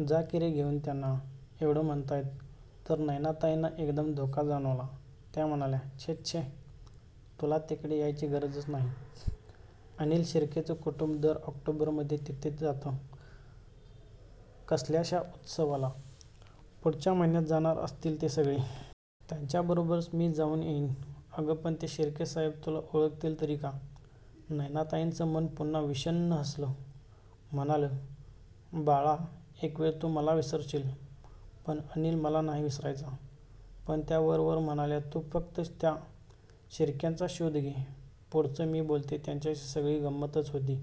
"जा की रे घेऊन त्यांना! एवढं म्हणतायत तर"नयनाताईंना एकदम धोका जाणवला, त्या म्हणाल्या"छे छे! तुला तिकडे यायची गरजच नाही. अनिल शिर्केचं कुटुंब दर ऑक्टोबरमध्ये तिकडे जातं कसल्याश्या उत्सवाला. पुढच्या महिन्यात जाणार असतील ते सगळे. त्यांच्याबरोबरच मी जाऊन येईन""अगं पण ते शिर्के तुला आता ओळखतील तरी का? "नयनाताईंचं मन पुन्हा विषण्ण हसलं! म्हणालं, बाळा, एकवेळ तू मला विसरशील पण अनिल मला नाही विसरायचा! पण त्या वरवर म्हणाल्या"तू फक्त त्या शिर्क्यांचा शोध घे, पुढचं मी बोलते त्यांच्याशी"सगळी गंमतच होती.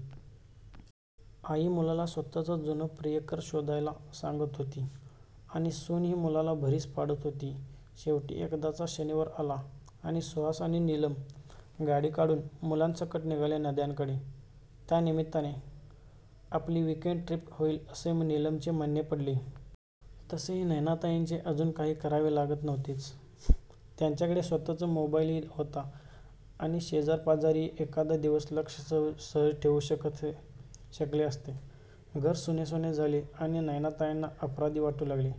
आई मुलाला स्वतःच जुना प्रियकर शोधायला सांगत होती आणि सूनही मुलाला भरीस पाडत होती. शेवटी एकदाच शनिवार आला आणि सुहास आणि निलम गाडी काढून मुलांसकट निघाले नांद्याकडे! त्या निमित्ताने आपली वीकएण्ड ट्रिप होईल असे निलमचे म्हणणे पडले. तसेही नयनाताईंचे अजून काही करावे लागत नव्हतेच. त्यांच्याकडे स्वतःच मोबाईलही होता आणि शेजारीपाजारीही एखादा दिवस लक्ष सहज ठेवू शकले असते. घर सुनेसुने झाले आणि नयनाताईंना अपराधी वाटू लागले.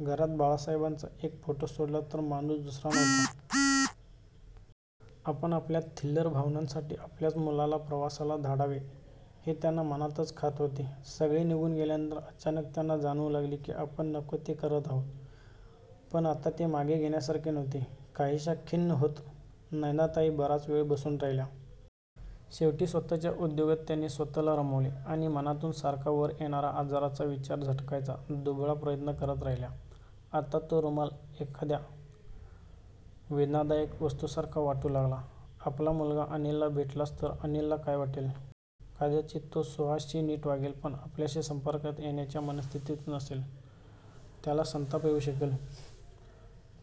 घरात बाळासहेबांचा एक फोटो सोडला तर माणूस दुसरा नव्हता. आपण आपल्या थिल्लर भावनांसाठी आपल्याच मुलाला प्रवासाला धाडावे हे त्यांना मनातच खात होते. सगळे निघून गेल्यानंतर अचानक त्यांना जाणवू लागले की आपण नको ते करत आहोत. पण आता ते मागे घेण्यासारखे नव्हते. काहीश्या खिन्न होत नयनाताई बराच वेळ बसून राहिल्या. शेवटी स्वतःच्या उद्योगात त्यांनी स्वतःला रमवले आणि मनातून सारखा वर येणारा आजाराचा विचार झटकायचा दुबळा प्रयत्न करत राहिल्या. आता तो रुमाल त्यांना एखाद्या वेदनादायक वस्तूसारखा वाटू लागला. आपला मुलगा अनिलला भेटलाच तर अनिलला काय वाटेल? कदाचित तो सुहासशी नीट वागेल पण आपल्याशी संपर्कात येण्याच्या मनस्थितीतच नसेल. त्याला संताप येऊ शकेल.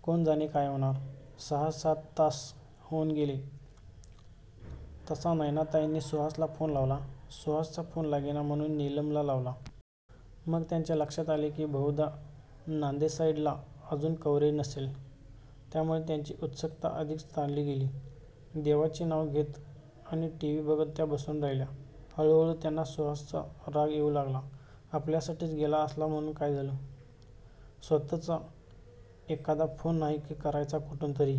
कोण जाणे काय होणार! सहा, सात तास होऊन गेले तसा नयनाताईंनी सुहासला फोन लावला. सुहासचा फोन लागेना म्हणून निलमला लावला. मग त्यांच्या लक्षात आले की बहुधा नांदेसाईडला अजून कव्हरेजच नसेल. त्यामुळे त्यांची उत्सुकता अधिकच ताणली गेली. देवाचे नांव घेत आणि टीव्ही बघत त्या बसून राहिल्या. हळूहळू त्यांना सुहासचाच राग येऊ लागला. आपल्यासाठीच गेला असला म्हणून काय, स्वतः एखादा फोन नाही का करायचा कुठूनतरी!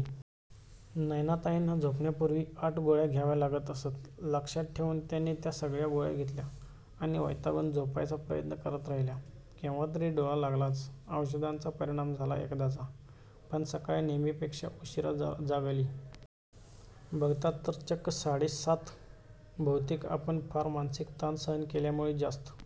नयनाताईंना झोपण्यापूर्वी आठ गोळ्या घ्याव्या लागत असत. लक्षात ठेवून त्यांनी त्या सगळ्या गोळ्या घेतल्या आणि वैतागून झोपायचा प्रयत्न करत राहिल्या. केव्हातरी डोळा लागलाच, औषधांचा परिणाम झाला एकदाचा! पण सकाळी नेहमीपेक्षा उशीरा जाग आली. बघतात तर चक्क साडे सात! बहुतेक आपण फार मानसिक ताण सहन केल्यामुळे जास्त